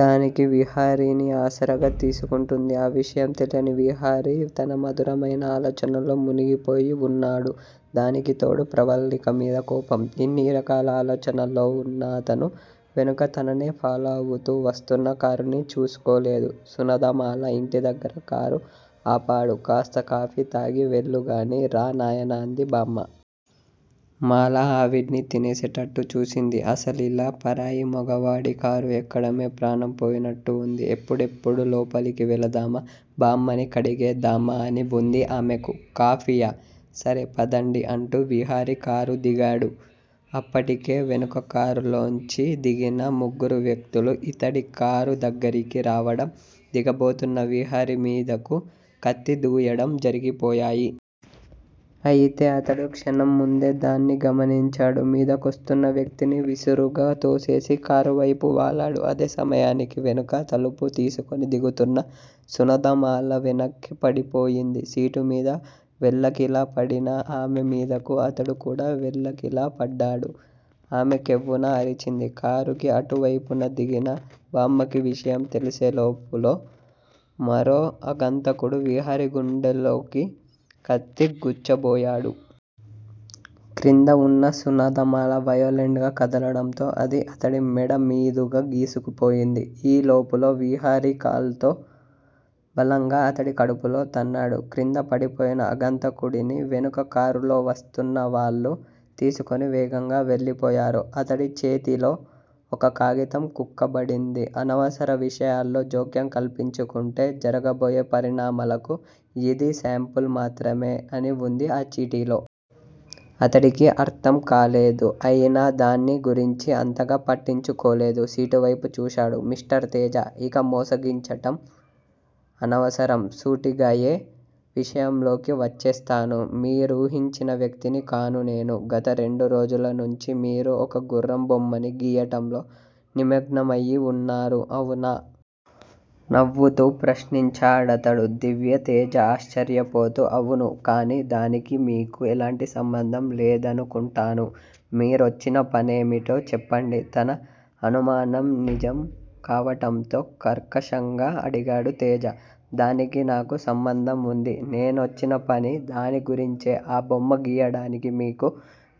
దానికి విహారిని ఆసరాగా తీసుకుంటుంది. ఆ విషయం తెలియని విహారి తన మధురమైన ఆలోచనల్లో మునిగిపోయి వున్నాడు. దానికితోడు ప్రవల్లికమీద కోపం. ఇన్ని రకాల ఆలోచనల్లో వున్న అతను- వెనుక తననే ఫాలో అవుతూ వస్తున్న కారుని చూసుకోలేదు. సునాదమాల ఇంటిదగ్గర కారు ఆపాడు. కాస్త కాఫీ తాగి వెళ్ళూగాని రా నాయనా అంది బామ్మ. మాల ఆవిడ్ని తినేసేటట్టు చూసింది. అసలిలా పరాయి మొగవాడి కారు ఎక్కడమే ప్రాణం పోయినట్టు వుంది. ఎప్పుడెప్పుడు లోపలికి వెళదామా- బామ్మని కడిగేద్దామా అని వుంది ఆమెకు. కాఫీయా- సరే పదండి అంటూ విహారి కారు దిగాడు. అప్పటికే వెనుక కారులోంచి దిగిన ముగ్గురు వ్యక్తులూ యితడి కారు దగ్గరికి రావడం, దిగబోతున్న విహారిమీదకు కత్తి దూయడం జరిగిపోయాయి. అయితే అతడు క్షణంముందే దాన్ని గమనించాడు. మీదకొస్తున్న వ్యక్తిని విసురుగా తోసేసి కారువైపు వాలాడు. అదే సమయానికి వెనుక తలుపు తీసుకొని దిగుతున్న సునాదమాల వెనక్కి పడిపోయింది. సీటుమీద వెల్లకిలా పడిన ఆమెమీదకు అతడు కూడా వెల్లకిలా పడ్డాడు. ఆమె కెవ్వున అరిచింది. కారుకి అటువైపున దిగిన బామ్మకీ విషయం తెలిసే లోపులో, మరో అగంతకుడు విహారి గుండెల్లోకి కత్తి గుచ్చబోయాడు. క్రిందవున్న సునాదమాల వయొలెంట్ గా కదలడంతో అది అతడి మెడమీదుగా గీసుకుపోయింది. ఈ లోపులో విహారి కాల్తో బలంగా అతడి కడుపులో తన్నాడు. క్రింద పడిపోయిన అగంతకుడిని వెనుక కారులో వస్తున్న వాళ్లు తీసుకొని వేగంగా వెళ్ళిపోయారు. అతడి చేతిలో ఒక కాగితం కుక్కబడింది. అనవసర విషయాల్లో జోక్యం కల్పించుకుంటే జరగబోయే పరిణామాలకు యిది శాంపిల్ మాత్రమే అని వుంది ఆ చీటీలో. అతడికి అర్ధంకాలేదు. అయినా దాన్ని గురించి అంతగా పట్టించుకోలేదు. సీటువైపు చూశాడు. మిస్టర్ తేజా! ఇక మోసగించటం అనవసరం. సూటిగయే విషయంలోకి వచ్చేస్తాను. మీరూహించిన వ్యక్తిని కాను నేను. గత రెండు రోజుల నుంచి మీరు ఒక గుర్రం బొమ్మని గీయటంలో నిమగ్నమయి వున్నారు. అవునా? నవ్వుతూ ప్రశ్నించాడతడు. దివ్యతేజ ఆశ్చర్యపోతూ అవును కానీ దానికి మీకు ఎలాంటి సంబంధం లేదనుకుంటాను. మీరొచ్చిన పనేమిటో చెప్పండి తన అనుమానం నిజం కావటంతో కర్కశంగా అడిగాడు తేజ. దానికి నాకు సంబంధం వుంది. నేనొచ్చిన పని దాని గురించే ఆ బొమ్మ గీయడానికి మీకు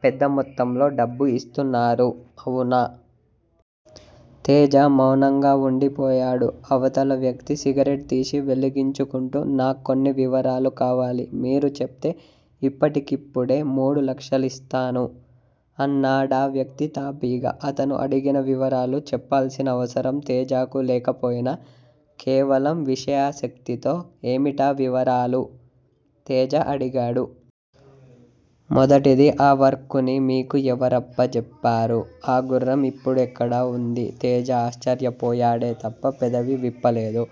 పెద్ద మొత్తంలో డబ్బు ఇస్తున్నారు అవునా? తేజ మౌనంగా వుండి పోయాడు. అవతల వ్యక్తి సిగరెట్ తీసి వెలిగించుకుంటూ నాక్కొన్ని వివరాలు కావాలి మీరు చెప్తే ఇప్పటికిప్పుడే మూడు లక్షలిస్తాను అన్నాడా వ్యక్తి తాపీగా. అతను అడిగిన వివరాలు చెప్పాల్సిన అవసరం తేజాకు లేకపోయినా కేవలం విషయాసక్తితో ఏమిటా వివరాలు? తేజ అడిగాడు. మొదటిది ఆ వర్కుని మీకు ఎవరప్పజెప్పారు? ఆ గుర్రం ఇప్పుడెక్కడ ఉంది తేజ ఆశ్చర్యపోయాడే తప్ప పెదవి విప్పలేదు.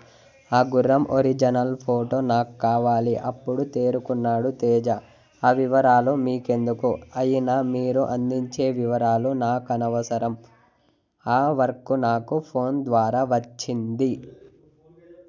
ఆ గుర్రం ఒరిజనల్ ఫోటో నాక్కావాలి అప్పుడు తేరుకున్నాడు తేజ. ఆ వివరాలు మీకెందుకు? అయినా మీరు అందించే వివరాలు నాకనవసరం. ఆ వర్కు నాకు ఫోన్ ద్వారా వచ్చింది.